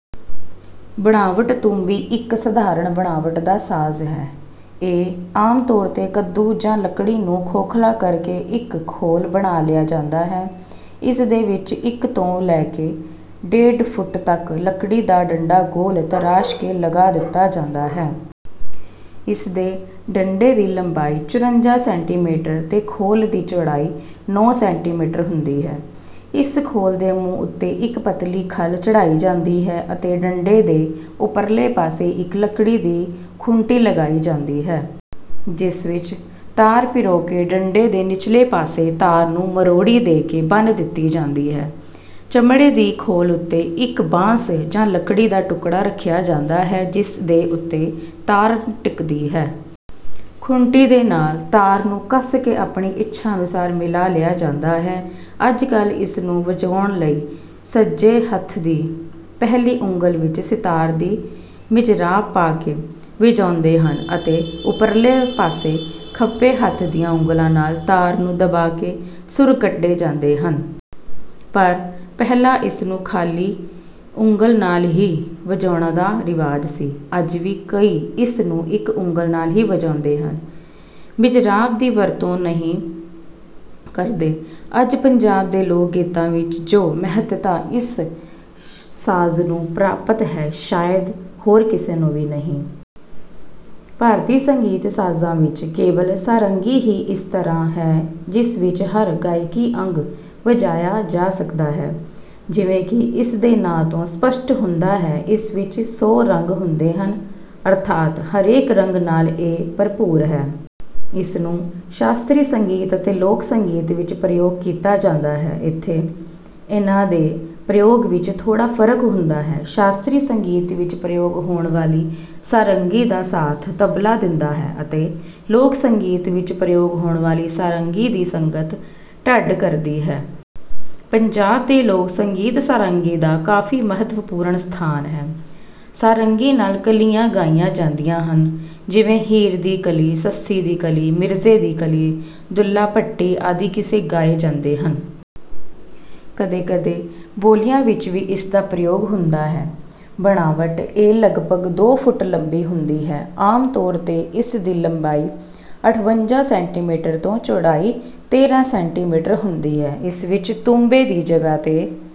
ਬਣਾਵਟ ਤੂੰਬੀ ਇੱਕ ਸਧਾਰਣ ਬਣਾਵਟ ਦਾ ਸਾਜ਼ ਹੈ। ਇਹ ਆਮ ਤੌਰ ਤੇ ਕੱਦੂ ਜਾਂ ਲਕੜੀ ਨੂੰ ਖੋਖਲਾ ਕਰ ਕੇ ਇੱਕ ਖੋਲ ਬਣਾ ਲਿਆ ਜਾਂਦਾ ਹੈ। ਇਸ ਦੇ ਵਿੱਚ ਇੱਕ ਤੋਂ ਲੈ ਕੇ ਡੇਢ ਫੁੱਟ ਤਕ ਲਕੜੀ ਦਾ ਡੰਡਾ ਗੋਲ ਤਰਾਸ਼ ਕੇ ਲਗਾ ਦਿੱਤਾ ਜਾਂਦਾ ਹੈ। ਇਸ ਦੇ ਡੰਡੇ ਦੀ ਲੰਬਾਈ ਚੁਰੰਜਾ ਸੈਂਟੀਮੀਟਰ ਤੇ ਖੋਲ ਦੀ ਚੌੜਾਈ ਨੌ ਸੈਂਟੀਮੀਟਰ ਹੁੰਦੀ ਹੈ। ਇਸ ਖੋਲ ਦੇ ਮੂੰਹ ਉੱਤੇ ਇੱਕ ਪਤਲੀ ਖੱਲ ਚੜਾਈ ਜਾਂਦੀ ਹੈ ਅਤੇ ਡੰਡੇ ਦੇ ਉੱਪਰਲੇ ਪਾਸੇ ਇੱਕ ਲੱਕੜੀ ਦੀ ਖੂੰਟੀ ਲਗਾਈ ਜਾਂਦੀ ਹੈ। ਜਿਸ ਵਿੱਚ ਤਾਰ ਪਿਰੋ ਕੇ ਡੰਡੇ ਦੇ ਨਿਚਲੇ ਪਾਸੇ ਤਾਰ ਨੂੰ ਮਰੋੜੀ ਦੇ ਕੇ ਬੰਨ੍ਹ ਦਿੱਤੀ ਜਾਂਦੀ ਹੈ। ਚਮੜੇ ਦੀ ਖੋਲ ਉੱਤੇ ਇੱਕ ਭਾਂਸ ਜਾਂ ਲਕੜੀ ਦਾ ਟੁਕੜਾ ਰੱਖਿਆ ਜਾਂਦਾ ਹੈ ਜਿਸ ਦੇ ਉੱਤੇ ਤਾਰ ਟਿਕਦੀ ਹੈ। ਖੂੰਟੀ ਦੇ ਨਾਲ ਤਾਰ ਨੂੰ ਕੱਸ ਕੇ ਆਪਣੀ ਇੱਛਾ ਅਨੁਸਾਰ ਮਿਲਾ ਲਿਆ ਜਾਂਦਾ ਹੈ। ਅੱਜ ਕਲ੍ਹ ਇਸ ਨੂੰ ਵਜਾਉਣ ਲਈ ਸੱਜੇ ਹੱਥ ਦੀ ਪਹਿਲੀ ਉਂਗਲ ਵਿੱਚ ਸਿਤਾਰ ਦੀ ਮਿਜਰਾਬ ਪਾ ਕੇ ਵਜਾਉਂਦੇ ਹਨ ਅਤੇ ਉੱਪਰਲੇ ਪਾਸੇ ਖੱਬੇ ਹੱਥ ਦੀਆਂ ਉਂਗਲਾਂ ਨਾਲ ਤਾਰ ਨੂੰ ਦਬਾ ਕੇ ਸੁਰ ਕੱਢੇ ਜਾਂਦੇ ਹਨ। ਪਰ ਪਹਿਲਾ ਇਸ ਨੂੰ ਖ਼ਾਲੀ ਉਂਗਲ ਨਾਲ ਹੀ ਵਜਾਉਣ ਦਾ ਰਿਵਾਜ ਸੀ। ਅੱਜ ਵੀ ਕਈ ਇਸ ਨੂੰ ਇੱਕ ਉਂਗਲ ਨਾਲ ਹੀ ਵਜਾਉਂਦੇ ਹਨ, ਮਿਜਰਾਬ ਦੀ ਵਰਤੋਂ ਨਹੀਂ ਕਰਦੇ। ਅੱਜ ਪੰਜਾਬ ਦੇ ਲੋਕ ਗੀਤਾਂ ਵਿੱਚ ਜੋ ਮਹੱਤਤਾ ਇਸ ਸਾਜ਼ ਨੂੰ ਪ੍ਰਾਪਤ ਹੈ ਸ਼ਾਇਦ ਹੋਰ ਕਿਸੇ ਨੂੰ ਵੀ ਨਹੀ। ਭਾਰਤੀ ਸੰਗੀਤ ਸਾਜ਼ਾਂ ਵਿੱਚ ਕੇਵਲ ਸਾਰੰਗੀ ਹੀ ਇਸ ਤਰ੍ਹਾਂ ਹੈ ਜਿਸ ਵਿੱਚ ਹਰ ਗਾਇਕੀ ਅੰਗ ਵਜਾਇਆ ਜਾ ਸਕਦਾ ਹੈ। ਜਿਵੇਂ ਕਿ ਇਸ ਦੇ ਨਾਂ ਤੋਂ ਸਪੱਸ਼ਟ ਹੁੰਦਾ ਹੈ ਇਸ ਵਿੱਚ ਸੌ ਰੰਗ ਹੁਦੇ ਹਨ ਅਰਥਾਤ ਹਰੇਕ ਰੰਗ ਨਾਲ ਇਹ ਭਰਪੂਰ ਹੈ। ਇਸ ਨੂੰ ਸ਼ਾਸਤਰੀ ਸੰਗੀਤ ਅਤੇ ਲੋਕ ਸੰਗੀਤ ਵਿੱਚ ਪ੍ਰਯੋਗ ਕੀਤਾ ਜਾਂਦਾ ਹੈ। ਇੱਥੇ ਇਹਨਾਂ ਦੇ ਪ੍ਰਯੋਗ ਵਿੱਚ ਥੋੜਾ ਫ਼ਰਕ ਹੁੰਦਾ ਹੈ। ਸ਼ਾਸਤਰੀ ਸੰਗੀਤ ਵਿੱਚ ਪ੍ਰਯੋਗ ਹੋਣ ਵਾਲੀ ਸਾਰੰਗੀ ਦਾ ਸਾਥ ਤਬਲਾ ਦਿੰਦਾ ਹੈ ਅਤੇ ਲੋਕ ਸੰਗੀਤ ਵਿੱਚ ਪ੍ਰਯੋਗ ਹੋਣ ਵਾਲੀ ਸਾਰੰਗੀ ਦੀ ਸੰਗਤ ਢੱਡ ਕਰਦੀ ਹੈ। ਪੰਜਾਬ ਦੇ ਲੋਕ ਸੰਗੀਤ ਸਾਰੰਗੀ ਦਾ ਕਾਫ਼ੀ ਮਹੱਤਵਪੂਰਣ ਸਥਾਨ ਹੈ। ਸਾਰੰਗੀ ਨਾਲ ਕਲੀਆਂ ਗਾਈਆਂ ਜਾਦੀਆਂ ਹਨ| ਜਿਵੇਂ ਹੀਰ ਦੀ ਕਲੀ, ਸੱਸੀ ਦੀ ਕਲੀ, ਮਿਰਜ਼ੇ ਦੀ ਕਲੀ, ਦੁੱਲਾ ਭੱਟੀ ਆਦਿ ਕਿਸੇ ਗਾਏ ਜਾਂਦੇ ਹਨ। ਕਦੇ-ਕਦੇ ਬੋਲੀਆਂ ਵਿੱਚ ਵੀ ਇਸ ਦਾ ਪ੍ਰਯੋਗ ਹੁੰਦਾ ਹੈ। ਬਣਾਵਟ ਇਹ ਲੱਗਪਗ ਦੋ ਫੁੱਟ ਲੰਬੀ ਹੁੰਦੀ ਹੈ। ਆਮ ਤੌਰ ਤੇ ਇਸ ਦੀ ਲੰਬਾਈ ਅਠਵੰਜਾ ਸੈਂਟੀਮੀਟਰ ਤੋਂ ਚੌੜਾਈ ਤੇਰਾਂ ਸੈਂਟੀਮੀਟਰ ਹੁੰਦੀ ਹੈ। ਇਸ ਵਿੱਚ ਤੂੰਬੇ ਦੀ ਜਗ੍ਹਾ ਤੇ